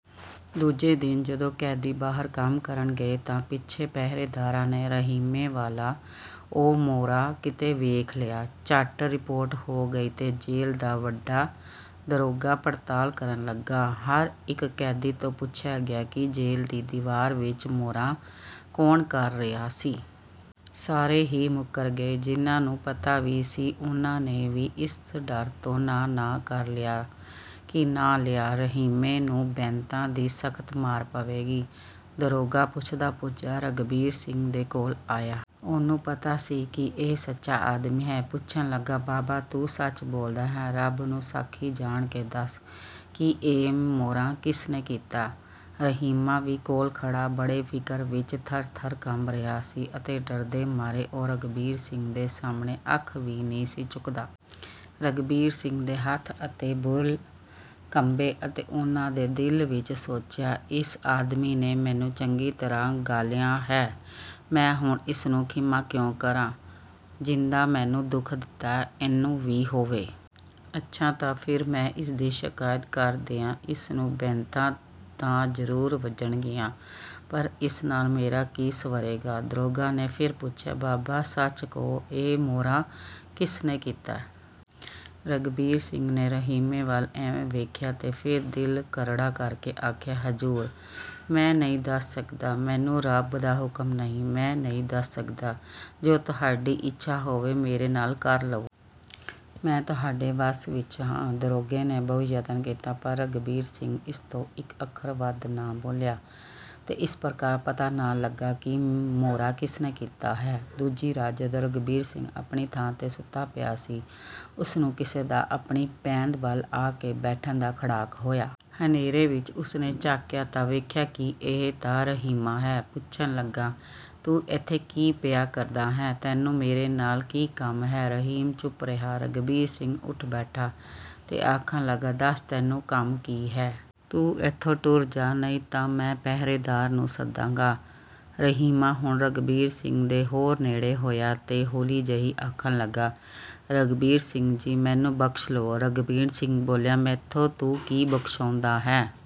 ਦੂਜੇ ਦਿਨ ਜਦੋਂ ਕੈਦੀ ਬਾਹਰ ਕੰਮ ਕਰਨ ਗਏ ਤਾਂ ਪਿੱਛੋਂ ਪਹਿਰੇਦਾਰਾਂ ਨੇ ਰਹੀਮੇ ਵਾਲਾ ਉਹ ਮੋਰਾ ਕਿਤੇ ਵੇਖ ਲਿਆ। ਝੱਟ ਰਿਪੋਰਟ ਹੋ ਗਈ ਤੇ ਜੇਲ੍ਹ ਦਾ ਵੱਡਾ ਦਰੋਗਾ ਪੜਤਾਲ ਕਰਨ ਲੱਗਾ। ਹਰ ਇੱਕ ਕੈਦੀ ਤੋਂ ਪੁੱਛਿਆ ਗਿਆ ਕਿ ਜੇਲ੍ਹ ਦੀ ਦੀਵਾਰ ਵਿੱਚ ਮੋਰਾ ਕੌਣ ਕਰ ਰਿਹਾ ਸੀ। ਸਾਰੇ ਹੀ ਮੁੱਕਰ ਗਏ। ਜਿਨ੍ਹਾਂ ਨੂੰ ਪਤਾ ਵੀ ਸੀ, ਉਨ੍ਹਾਂ ਨੇ ਵੀ ਇਸ ਡਰ ਤੋਂ ਨਾਂ ਨਾ ਲਿਆ ਕਿ ਨਾਂ ਲਿਆਂ ਰਹੀਮੇ ਨੂੰ ਬੈਂਤਾਂ ਦੀ ਸਖ਼ਤ ਮਾਰ ਪਵੇਗੀ। ਦਰੋਗਾ ਪੁੱਛਦਾ-ਪੁੱਛਦਾ ਰਘਬੀਰ ਸਿੰਘ ਦੇ ਕੋਲ ਆਇਆ। ਉਹਨੂੰ ਪਤਾ ਸੀ ਕਿ ਇਹ ਸੱਚਾ ਆਦਮੀ ਹੈ। ਪੁੱਛਣ ਲੱਗਾ, "ਬਾਬਾ, ਤੂੰ ਸੱਚ ਬੋਲਦਾ ਹੈਂ। ਰੱਬ ਨੂੰ ਸਾਖੀ ਜਾਣ ਕੇ ਦੱਸ ਕਿ ਇਹ ਮੋਰਾ ਕਿਸ ਨੇ ਕੀਤਾ?" ਰਹੀਮਾ ਵੀ ਕੋਲ ਖੜ੍ਹਾ ਬੜੇ ਫ਼ਿਕਰ ਵਿੱਚ ਥਰ-ਥਰ ਕੰਬ ਰਿਹਾ ਸੀ ਅਤੇ ਡਰਦੇ ਮਾਰੇ ਉਹ ਰਘਬੀਰ ਸਿੰਘ ਦੇ ਸਾਹਮਣੇ ਅੱਖ ਵੀ ਨਹੀਂ ਸੀ ਚੁੱਕਦਾ। ਰਘਬੀਰ ਸਿੰਘ ਦੇ ਹੱਥ ਅਰ ਬੁੱਲ੍ਹ ਕੰਬੇ ਤੇ ਉਸ ਨੇ ਦਿਲ ਵਿੱਚ ਸੋਚਿਆ, "ਇਸ ਆਦਮੀ ਨੇ ਮੈਨੂੰ ਚੰਗੀ ਤਰ੍ਹਾਂ ਗਾਲਿਆ ਹੈ। ਮੈਂ ਹੁਣ ਇਸ ਨੂੰ ਖ਼ਿਮਾ ਕਿਉਂ ਕਰਾਂ? ਜਿੱਦਾਂ ਮੈਨੂੰ ਦੁੱਖ ਹੋਇਆ ਹੈ, ਇਸ ਨੂੰ ਵੀ ਹੋਵੇ। ਅੱਛਾ ਤਾਂ ਫਿਰ ਮੈਂ ਇਸ ਦੀ ਸ਼ਿਕਾਇਤ ਕਰ ਦਿਆਂ? ਇਸ ਨੂੰ ਬੈਂਤ ਤਾਂ ਜ਼ਰੂਰ ਵੱਜਣਗੇ, ਪਰ ਇਸ ਨਾਲ ਮੇਰਾ ਕੀ ਸੰਵਰੇਗਾ?" ਦਰੋਗੇ ਨੇ ਫਿਰ ਪੁੱਛਿਆ, "ਬਾਬਾ, ਸੱਚ ਕਹੁ, ਇਹ ਮੋਰਾ ਕਿਸ ਨੇ ਕੀਤਾ?" ਰਘਬੀਰ ਸਿੰਘ ਨੇ ਰਹੀਮੇ ਵੱਲ ਐਵੇਂ ਵੇਖਿਆ ਤੇ ਫਿਰ ਦਿਲ ਕਰੜਾ ਕਰਕੇ ਆਖਿਆ, "ਹਜ਼ੂਰ! ਮੈਂ ਨਹੀਂ ਦੱਸ ਸਕਦਾ। ਮੈਨੂੰ ਰੱਬ ਦਾ ਹੁਕਮ ਨਹੀਂ। ਮੈਂ ਨਹੀਂ ਦੱਸ ਸਕਦਾ। ਜੋ ਤੁਹਾਡੀ ਇੱਛਾ ਹੋਵੇ, ਮੇਰੇ ਨਾਲ ਕਰ ਲਵੋ। ਮੈਂ ਤੁਹਾਡੇ ਵੱਸ ਵਿੱਚ ਹਾਂ।" ਦਰੋਗੇ ਨੇ ਬਹੁਤ ਯਤਨ ਕੀਤਾ, ਪਰ ਰਘਬੀਰ ਸਿੰਘ ਇਸ ਤੋਂ ਇੱਕ ਅੱਖਰ ਵੱਧ ਨਾ ਬੋਲਿਆ, ਤੇ ਇਸ ਪ੍ਰਕਾਰ ਪਤਾ ਨਾ ਲੱਗਾ ਕਿ ਮੋਰਾ ਕਿਸ ਨੇ ਕੀਤਾ ਹੈ। ਦੂਜੀ ਰਾਤ ਜਦੋਂ ਰਘਬੀਰ ਸਿੰਘ ਆਪਣੀ ਥਾਂ ਤੇ ਸੁੱਤਾ ਪਿਆ ਸੀ, ਉਸ ਨੂੰ ਕਿਸੇ ਦਾ ਆਪਣੀ ਪੈਂਦ ਵੱਲ ਆ ਕੇ ਬੈਠਣ ਦਾ ਖੜਾਕ ਹੋਇਆ। ਹਨੇਰੇ ਵਿਚ ਉਸ ਨੇ ਝਾਕਿਆ ਤਾਂ ਵੇਖਿਆ ਕਿ ਇਹ ਤਾਂ ਰਹੀਮਾ ਹੈ। ਪੁੱਛਣ ਲੱਗਾ, "ਤੂੰ ਇੱਥੇ ਕੀ ਪਿਆ ਕਰਦਾ ਹੈਂ? ਤੈਨੂੰ ਮੇਰੇ ਨਾਲ ਕੀ ਕੰਮ ਹੈ?" ਰਹੀਮ ਚੁੱਪ ਰਿਹਾ। ਰਘਬੀਰ ਸਿੰਘ ਉੱਠ ਬੈਠਾ ਤੇ ਆਖਣ ਲੱਗਾ, "ਦੱਸ, ਤੈਨੂੰ ਕੰਮ ਕੀ ਹੈ? ਤੂੰ ਇੱਥੋਂ ਟੁਰ ਜਾਹ, ਨਹੀਂ ਤਾਂ ਮੈਂ ਪਹਿਰੇਦਾਰ ਨੂੰ ਸੱਦਾਂਗਾ।" ਰਹੀਮਾ ਹੁਣ ਰਘਬੀਰ ਸਿੰਘ ਦੇ ਹੋਰ ਨੇੜੇ ਹੋਇਆ ਤੇ ਹੌਲੀ ਜਿਹੀ ਆਖਣ ਲੱਗਾ, "ਰਘਬੀਰ ਸਿੰਘ ਜੀ! ਮੈਨੂੰ ਬਖ਼ਸ਼ ਲਓ।" ਰਘਬੀਰ ਸਿੰਘ ਬੋਲਿਆ, "ਮੈਥੋਂ ਤੂੰ ਕੀ ਬਖ਼ਸ਼ਾਉਂਦਾ ਹੈਂ?"